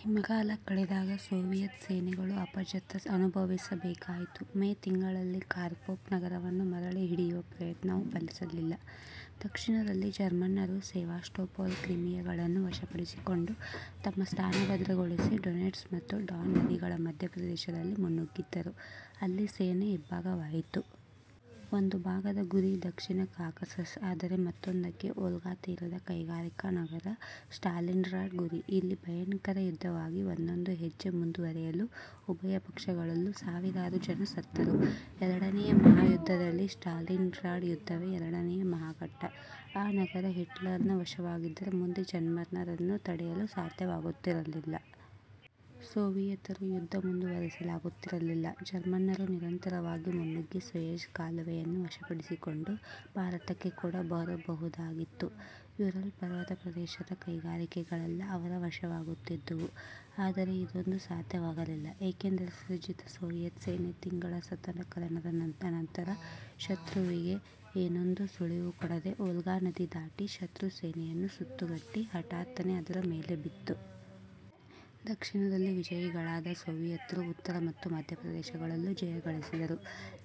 ಹಿಮಗಾಲ ಕಳೆದಾಗ ಸೋವಿಯತ್ ಸೇನೆಗಳು ಅಪಜಯ ಅನುಭವಿಸ ಬೇಕಾಯಿತು. ಮೇ ತಿಂಗಳಲ್ಲಿ ಕಾರ್ಕೊಫ್ ನಗರವನ್ನು ಮರಳಿ ಹಿಡಿಯುವ ಪ್ರಯತ್ನವೂ ಫಲಿಸಲಿಲ್ಲ. ದಕ್ಷಿಣದಲ್ಲಿ ಜರ್ಮನ್ನರು ಸೆವಾಸ್ಟೊಪೋಲ್ ಕ್ರಿಮಿಯಗಳನ್ನು ವಶಪಡಿಸಿಕೊಂಡು, ತಮ್ಮ ಸ್ಥಾನ ಭದ್ರಗೊಳಿಸಿ, ಡೊನೆಟ್ಸ್ ಮತ್ತು ಡಾನ್ ನದಿಗಳ ಮಧ್ಯ ಪ್ರದೇಶದಲ್ಲಿ ಮುನ್ನುಗ್ಗಿದರು. ಅಲ್ಲಿ ಸೇನೆ ಇಬ್ಭಾಗವಾಯಿತು. ಒಂದು ಭಾಗದ ಗುರಿ ದಕ್ಷಿಣ ಕಾಕಸಸ್ ಆದರೆ ಮತ್ತೊಂದಕ್ಕೆ ವೋಲ್ಗಾತೀರದ ಕೈಗಾರಿಕಾನಗರ ಸ್ಟಾಲಿನ್ಗ್ರಾಡ್ ಗುರಿ. ಇಲ್ಲಿ ಭಯಂಕರ ಯುದ್ಧವಾಗಿ ಒಂದೊಂದು ಹೆಜ್ಜೆ ಮುಂದುವರಿಯಲೂ ಉಭಯ ಪಕ್ಷಗಳಲ್ಲೂ ಸಾವಿರಾರು ಜನ ಸತ್ತರು. ಎರಡನೆಯ ಮಹಾಯುದ್ಧದಲ್ಲಿ ಸ್ಟಾಲಿನ್ಗ್ರಾಡ್ ಯುದ್ಧವೇ ಎರಡನೆಯ ಮಹಾ ಘಟ್ಟ. ಆ ನಗರ ಹಿಟ್ಲರನ ವಶವಾಗಿದ್ದರೆ ಮುಂದೆ ಜರ್ಮನ್ನರನ್ನು ತಡೆಯಲು ಸಾಧ್ಯವಾಗುತ್ತಿರಲಿಲ್ಲ. ಸೋವಿಯತರು ಯುದ್ಧ ಮುಂದುವರಿಸಲಾಗುತ್ತಿರಲಿಲ್ಲ. ಜರ್ಮನ್ನರು ನಿರಂತರವಾಗಿ ಮುನ್ನುಗ್ಗಿ ಸೂಯೆಜ್ ಕಾಲುವೆ ಯನ್ನು ವಶಪಡಿಸಿಕೊಂಡು ಭಾರತಕ್ಕೆ ಕೂಡ ಬರಬಹುದಾಗಿತ್ತು. ಯೂರಲ್ ಪರ್ವತಪ್ರದೇಶದ ಕೈಗಾರಿಕೆಗಳೆಲ್ಲ ಅವರ ವಶವಾಗುತ್ತಿದ್ದುವು. ಆದರೆ ಇದೊಂದೂ ಸಾಧ್ಯವಾಗಲಿಲ್ಲ. ಏಕೆಂದರೆ ಸುಸಜ್ಜಿತ ಸೋವಿಯತ್ ಸೇನೆ ತಿಂಗಳ ಸತತ ಕದನದ ಅನಂತರ, ಶತ್ರುವಿಗೆ ಏನೊಂದೂ ಸುಳಿವು ಕೊಡದೆ ವೋಲ್ಗಾ ನದಿ ದಾಟಿ, ಶತ್ರು ಸೇನೆಯನ್ನು ಸುತ್ತುಗಟ್ಟಿ ಹಠಾತ್ತನೆ ಅದರ ಮೇಲೆ ಬಿತ್ತು. ದಕ್ಷಿಣದಲ್ಲಿ ವಿಜಯಿಗಳಾದ ಸೋವಿಯತ್ರು ಉತ್ತರ ಮತ್ತು ಮಧ್ಯ ಪ್ರದೇಶಗಳಲ್ಲೂ ಜಯ ಗಳಿಸಿದರು.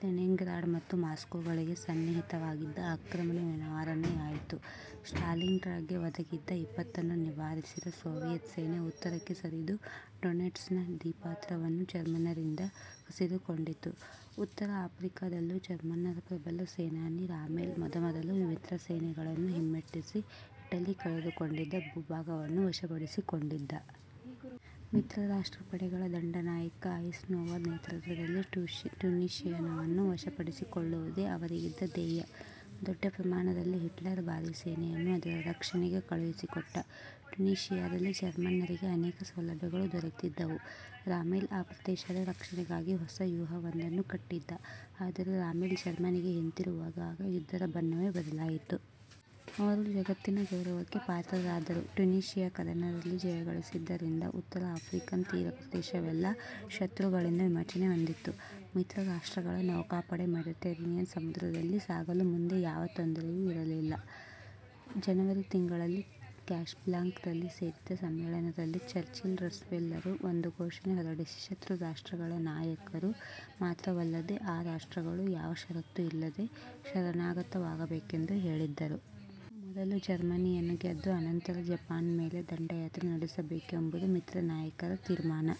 ಲೆನಿನ್ಗ್ರಾಡ್ ಮತ್ತು ಮಾಸ್ಕೋಗಳಿಗೆ ಸನ್ನಿಹಿತವಾಗಿದ್ದ ಆಕ್ರಮಣ ನಿವಾರಣೆಯಾಯಿತು. ಸ್ಟಾಲಿನ್ಗ್ರಾಡ್ಗೆ ಒದಗಿದ್ದ ವಿಪತ್ತನ್ನು ನಿವಾರಿಸಿದ ಸೋವಿಯತ್ ಸೇನೆ ಉತ್ತರಕ್ಕೆ ಸರಿದು ಡೊನೆಟ್ಸ್ ನದೀಪಾತ್ರವನ್ನು ಜರ್ಮನ್ನರಿಂದ ಕಸಿದುಕೊಂಡಿತು. ಉತ್ತರ ಆಫ್ರಿಕದಲ್ಲೂ ಜರ್ಮನ್ನರ ಪ್ರಬಲ ಸೇನಾನಿ ರಾಮೆಲ್ ಮೊದಮೊದಲು ಮಿತ್ರಸೇನೆಗಳನ್ನು ಹಿಮ್ಮೆಟ್ಟಿಸಿ ಇಟಲಿ ಕಳೆದುಕೊಂಡಿದ್ದ ಭೂಭಾಗಗಳನ್ನು ವಶಪಡಿಸಿಕೊಂಡಿದ್ದ. ಮಿತ್ರರಾಷ್ಟ್ರ ಪಡೆಗಳ ದಂಡನಾಯಕ ಐಸನ್ಹೋವರ್ ನೇತೃತ್ವದಲ್ಲಿ ಟ್ಯುನೀಷಿಯವನ್ನು ವಶಪಡಿಸಿಕೊಳ್ಳುವುದೇ ಅವರಿಗಿದ್ದ ಧ್ಯೇಯ. ದೊಡ್ಡ ಪ್ರಮಾಣದಲ್ಲಿ ಹಿಟ್ಲರ್ ಭಾರೀ ಸೇನೆಯನ್ನು ಅದರ ರಕ್ಷಣೆಗೆ ಕಳುಹಿಸಿಕೊಟ್ಟ. ಟ್ಯುನೀಷಿಯದಲ್ಲಿ ಜರ್ಮನ್ನರಿಗೆ ಅನೇಕ ಸೌಲಭ್ಯಗಳು ದೊರೆತಿದ್ದವು. ರಾಮೆಲ್ ಆ ಪ್ರದೇಶದ ರಕ್ಷಣೆಗಾಗಿ ಹೊಸ ವ್ಯೂಹವೊಂದನ್ನು ಕಟ್ಟಿದ್ದ. ಆದರೆ ರಾಮೆಲ್ ಜರ್ಮನಿಗೆ ಹಿಂತಿರುಗಿದಾಗ ಯುದ್ಧದ ಬಣ್ಣವೇ ಬದಲಾಯಿತು. ಅವರು ಜಗತ್ತಿನ ಗೌರವಕ್ಕೆ ಪಾತ್ರರಾದರು. ಟ್ಯುನೀಷಿಯ ಕದನದಲ್ಲಿ ಜಯಗಳಿಸಿದ್ದರಿಂದ ಉತ್ತರ ಆಫ್ರಿಕನ್ ತೀರಪ್ರದೇಶವೆಲ್ಲ ಶತ್ರುಗಳಿಂದ ವಿಮೋಚನೆ ಹೊಂದಿತು. ಮಿತ್ರ ರಾಷ್ಟ್ರಗಳ ನೌಕಾಪಡೆ ಮೆಡಿಟರೇನಿಯನ್ ಸಮುದ್ರದಲ್ಲಿ ಸಾಗಲು ಮುಂದೆ ಯಾವ ತೊಂದರೆಯೂ ಇರಲಿಲ್ಲ. ಜನವರಿ ತಿಂಗಳಲ್ಲಿ ಕ್ಯಾಸಬ್ಲಾಂಕದಲ್ಲಿ ಸೇರಿದ್ದ ಸಮ್ಮೇಳನದಲ್ಲಿ ಚರ್ಚಿಲ್-ರೂಸ್ವೆಲ್ಟರು ಒಂದು ಘೋಷಣೆ ಹೊರಡಿಸಿ ಶತ್ರುರಾಷ್ಟ್ರಗಳ ನಾಯಕರು ಮಾತ್ರವಲ್ಲದೆ ಆ ರಾಷ್ಟ್ರಗಳೂ ಯಾವ ಷರತ್ತೂ ಇಲ್ಲದೆ ಶರಣಾಗತವಾಗಬೇಕೆಂದು ಹೇಳಿದ್ದರು. ಮೊದಲು ಜರ್ಮನಿಯನ್ನು ಗೆದ್ದು ಅನಂತರ ಜಪಾನ್ನ ಮೇಲೆ ದಂಡಯಾತ್ರೆ ನಡೆಸಬೇಕೆಂಬುದು ಮಿತ್ರನಾಯಕರ ತೀರ್ಮಾನ